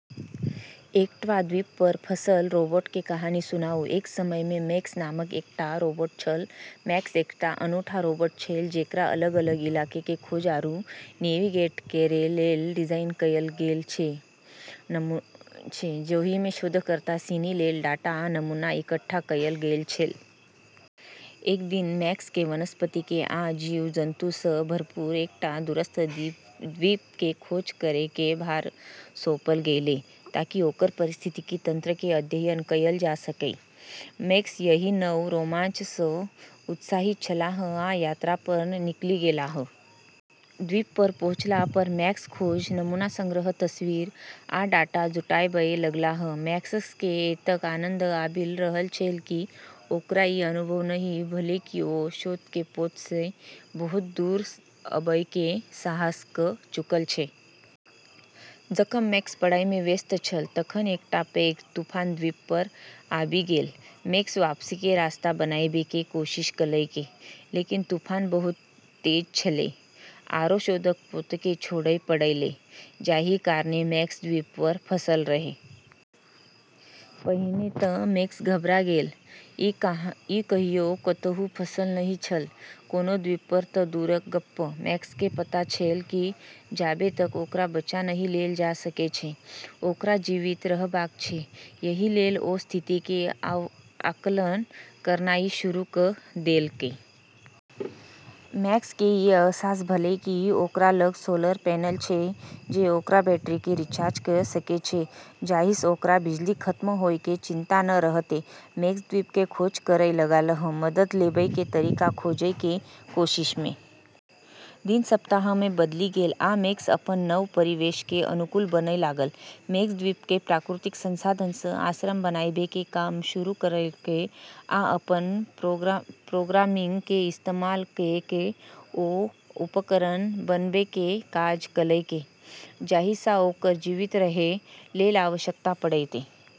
एकटा द्वीप पर फँसल रोबोट के कहानी सुनाउ। एक समय में मैक्स नामक एकटा रोबोट छल। मैक्स एकटा अनूठा रोबोट छेलै, जेकरा अलग-अलग इलाका के खोज आरू नेविगेट करै लेल डिजाइन कयल गेल छलै, जाहिमे शोधकर्ता सिनी लेल डाटा आ नमूना इकट्ठा कयल गेल छलै। एक दिन मैक्स केँ वनस्पति आ जीव-जन्तु सँ भरपूर एकटा दूरस्थ द्वीप के खोज करै के भार सौंपल गेलै, ताकि ओकर पारिस्थितिकी तंत्र के अध्ययन कयल जा सकै। मैक्स एहि नव रोमांच सँ उत्साहित छलाह आ यात्रा पर निकलि गेलाह। द्वीप पर पहुँचला पर मैक्स खोज, नमूना संग्रह, तस्वीर, आ डाटा जुटाबय लगलाह। मैक्स केँ एतेक आनंद आबि रहल छलै कि ओकरा ई अनुभव नहि भेलै कि ओ शोध के पोत सँ बहुत दूर अबयके साहस क' चुकल छै। जखन मैक्स पढ़ाई में व्यस्त छल तखन एकटा पैघ तूफान द्वीप पर आबि गेल। मैक्स वापसी के रास्ता बनाबै के कोशिश कयलकै, लेकिन तूफान बहुत तेज छलै, आरो शोधक पोतकेँ छोड़य पड़लै, जाहि कारणे मैक्स द्वीप पर फंसल रहै। पहिने तऽ मैक्स घबरा गेल। ई कहियो कतहु फँसल नहि छल, कोनो द्वीप पर तऽ दूरक गप्प। मैक्स केँ पता छलै कि जाबे तक ओकरा बचा नहि लेल जा सकै छै, ओकरा जीवित रहबाक छै, एहि लेल ओ स्थिति के आकलन करनाइ शुरू क' देलकै। मैक्स केँ ई अहसास भेलै कि ओकरा लग सोलर पैनल छै जे ओकर बैटरी केँ रिचार्ज क' सकै छै, जाहिसँ ओकरा बिजली खत्म होय के चिंता नै रहतै। मैक्स द्वीप के खोज करय लगलाह, मदद लेबय के तरीका खोजय के कोशिश में। दिन सप्ताह में बदलि गेल, आ मैक्स अपन नव परिवेश के अनुकूल बनय लागल। मैक्स द्वीप के प्राकृतिक संसाधन सँ आश्रय बनाबै के काम शुरू करलकै आ अपन प्रोग्रामिंग के इस्तेमाल कए कऽ ओ उपकरण बनबैके काज कयलकै जाहिसँ ओकरा जीवित रहै लेल आवश्यकता पड़तै।